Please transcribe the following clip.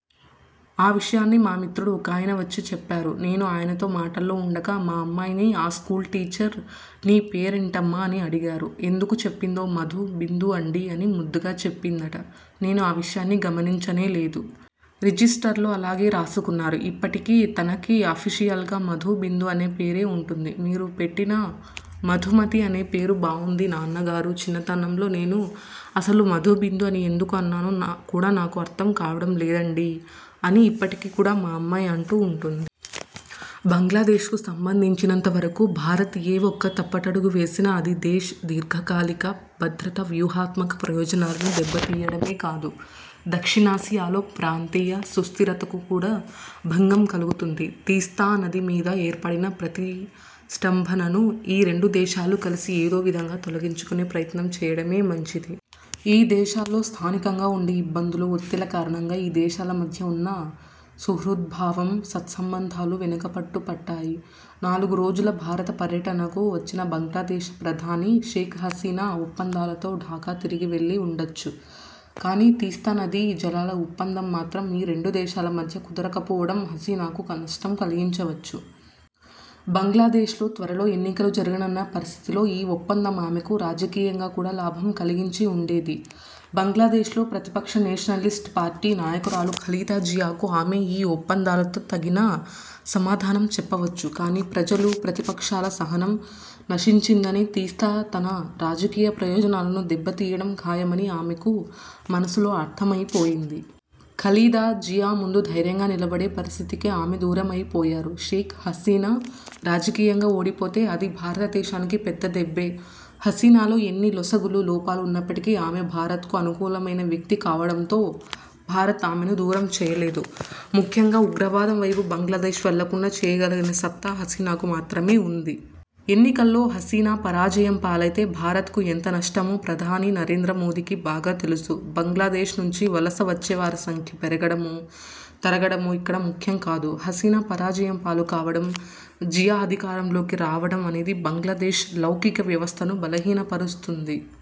ఆ విషయాన్ని మా మిత్రుడు ఒకాయన వచ్చి చెప్పారు. నేను ఆయనతో మాటల్లో ఉండగా మా అమ్మాయిని ఆ స్కూల్ టీచర్ 'నీ పేరేంటమ్మా? ' అని అడిగారు. ఎందుకు చెప్పిందో 'మధు బిందు అండీ' అని ముద్దుగా చెప్పిందట. నేను ఆ విషయాన్ని గమనించనేలేదు. రిజిస్టర్లో అలాగే రాసుకున్నారు. ఇప్పటికీ తనకి అఫిషియల్గా 'మధు బిందు' అనే పేరే ఉంటుంది. 'మీరు పెట్టిన మధుమతి అనే పేరే బావుంది నాన్నగారు. చిన్నతనంలో నేను అసలు మధుబిందు అని ఎందుకు అన్నానో కూడా నాకు అర్థం కావడం లేదండీ' అని ఇప్పటికి కూడా మా అమ్మాయి అంటూ ఉంటుంది. బంగ్లాదేశ్ కు సంబంధించినంత వరకూ భారత్ ఏ ఒక్క తప్పటడుగు వేసినా అది దేశ్ దీర్ఘకాలిక భద్రత, వ్యూహాత్మక ప్రయోజనాలను దెబ్బ తీయడమే కాదు, దక్షిణాసియాలో ప్రాంతీయ సుస్థిరతకు కూడా భంగం కలుగుతుంది. తీస్తా నది మీద ఏర్పడిన ప్రతిష్ఠంభనను ఈ రెండు దేశాలూ కలిసి ఏదో విధంగా తొలగించుకునే ప్రయత్నం చేయడమే మంచిది. ఈ దేశాల్లో స్థానికంగా ఉండే ఇబ్బందులు, ఒత్తిళ్ల కారణంగా ఈ దేశాల మధ్య ఉన్న సుహృద్భావం, సత్సంబంధాలు వెనుకపట్టు పట్టాయి. నాలుగు రోజుల భారత పర్యటనకు వచ్చిన బంగ్లాదేశ ప్రధాని షేక్ హసీనా ఒప్పందాలతో ఢాకా తిరిగి వెళ్లి ఉండొచ్చు. కానీ, తీస్తా నదీ జలాల ఒప్పందం మాత్రం ఈ రెండు దేశాల మధ్య కుదరకపోవడం హసీనాకు నష్టం కలిగించవచ్చు. బంగ్లాదేశ్ లో త్వరలో ఎన్నికలు జరగనున్న పరిస్థితిలో ఈ ఒప్పందం ఆమెకు రాజకీయంగా కూడా లాభం కలిగించి ఉండేది. బంగ్లాదేశ్ లో ప్రతిపక్ష నేషనలిస్ట్ పార్టీ నాయకురాలు ఖలీదా జియాకు ఆమె ఈ ఒప్పందాలతో తగిన సమాధానం చెప్పవచ్చు. కానీ, ప్రజలు, ప్రతిపక్షాల సహనం నశించిందనీ, తీస్తా తన రాజకీయ ప్రయోజనాలను దెబ్బ తీయడం ఖాయమనీ ఆమెకు మనసులో అర్థమైపోయింది. ఖలీదా జియా ముందు ధైర్యంగా నిలబడే పరిస్థితికి ఆమె దూరమైపోయారు. షేక్ హసీనా రాజకీయంగా ఓడిపోతే అది భారతదేశానికి పెద్ద దెబ్బే హసీనాలో ఎన్ని లొసుగులు, లోపాలు ఉన్నప్పటికీ, ఆమె భారత్ కు అనుకూలమైన వ్యక్తి కావడంతో భారత్ ఆమెను దూరం చేసుకోలేదు. ముఖ్యంగా ఉగ్రవాదం వైపు బంగ్లాదేశ్ మళ్లకుండా చేయగలిగిన సత్తా హసీనాకు మాత్రమే ఉంది. ఎన్నికల్లో హసీనాపరాజయం పాలైతే భారత్ కు ఎంత నష్టమో ప్రధాని నరేంద్ర మోదీకి బాగా తెలుసు. బంగ్లాదేశ్ నుంచి వలస వచ్చేవారి సంఖ్య పెరగడమో, తరగడమో ఇక్కడ ముఖ్యం కాదు. హసీనా పరాజయం పాలు కావడం, జియా అధికారంలోకి రావడం అనేది బంగ్లాదేశ్ లౌకిక వ్యవస్థను బలహీనపరుస్తుంది.